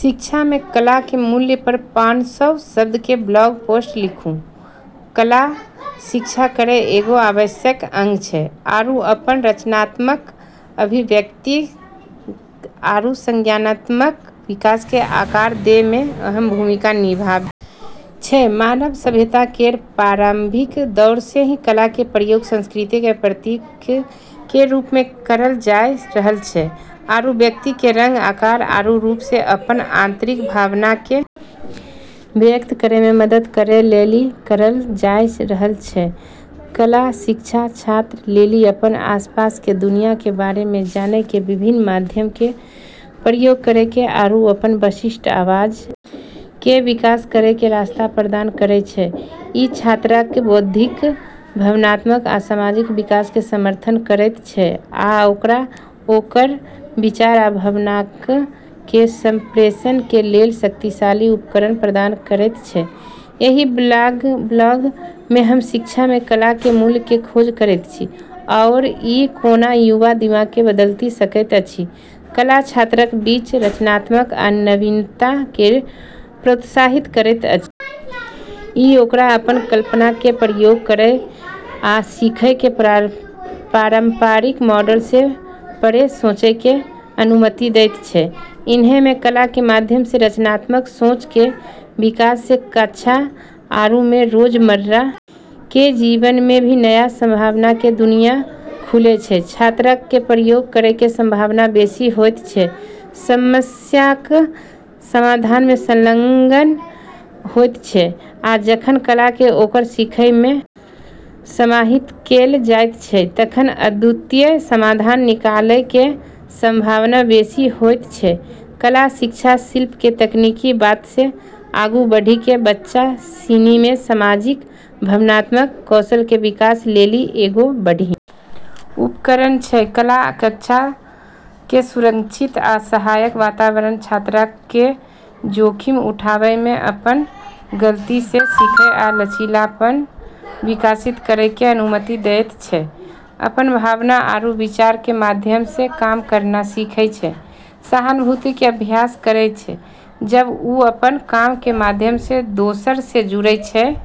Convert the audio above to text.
शिक्षा मे कला के मूल्य पर पानसौ शब्द के ब्लॉग पोस्ट लिखू, कला शिक्षा केरऽ एगो आवश्यक अंग छै आरू अपनऽ रचनात्मक अभिव्यक्ति आरू संज्ञानात्मक विकास के आकार दै मे अहम भूमिका निभाबै छै, मानव सभ्यता केरऽ प्रारंभिक दौर से ही कला के प्रयोग संस्कृति के प्रतीक के रूप मे करलऽ जाय रहलऽ छै आरू व्यक्ति के रंग, आकार आरू रूप से अपनऽ आंतरिक भावना के व्यक्त करै मे मदद करै लेली करलऽ जाय रहलऽ छै, कला शिक्षा छात्रऽ लेली अपनऽ आसपास के दुनिया के बारे मे जानय के विभिन्न माध्यमऽ के प्रयोग करै के आरू अपनऽ विशिष्ट आवाज के विकास करै के रास्ता प्रदान करै छै, इ छात्रक कें बौद्धिक, भावनात्मक आ सामाजिक विकास कें समर्थन करयत छै आ ओकरा ओकर विचार आ भावनाक कें संप्रेषण कें लेल शक्तिशाली उपकरण प्रदान करयत छै, एहि ब्लॉग मे हम शिक्षा मे कला के मूल्य के खोज करैत छी आओर ई कोना युवा दिमाग के बदलि सकैत अछि, कला छात्रक बीच रचनात्मकता आ नवीनता के प्रोत्साहित करैत अछि। इ ओकरा अपन कल्पना कें प्रयोग करय आ सीखय कें पारंपरिक मॉडल सं परे सोचय कें अनुमति देयत छै, ऐन्हऽ मे कला के माध्यम से रचनात्मक सोच के विकास से कक्षा आरू रोजमर्रा के जीवन मे भी नया संभावना के दुनिया खुले छै, छात्रक कें प्रयोग करय कें संभावना बेसि होयत छै, समस्याक कें समाधान मे संलग्न होयत छै आ जखन कला कें ओकर सीखय मे समाहित कैल जायत छै तखन अद्वितीय समाधान निकालय कें संभावना बेसि होयत छै, कला शिक्षा शिल्प के तकनीकी बात से आगू बढ़ी के बच्चा सिनी मे सामाजिक-भावनात्मक कौशल के विकास लेली एगो बढ़िया उपकरण छै, कला कक्षा कें सुरक्षित आ सहायक वातावरण छात्रक कें जोखिम उठावय, अपन गलती सं सीखय आ लचीलापन विकसित करय कें अनुमति देयत छै, अपनऽ भावना आरू विचारऽ के माध्यम से काम करना सीखै छै, सहानुभूति के अभ्यास करै छै जब उ अपनऽ काम के माध्यम से दोसरऽ से जुड़ै छै।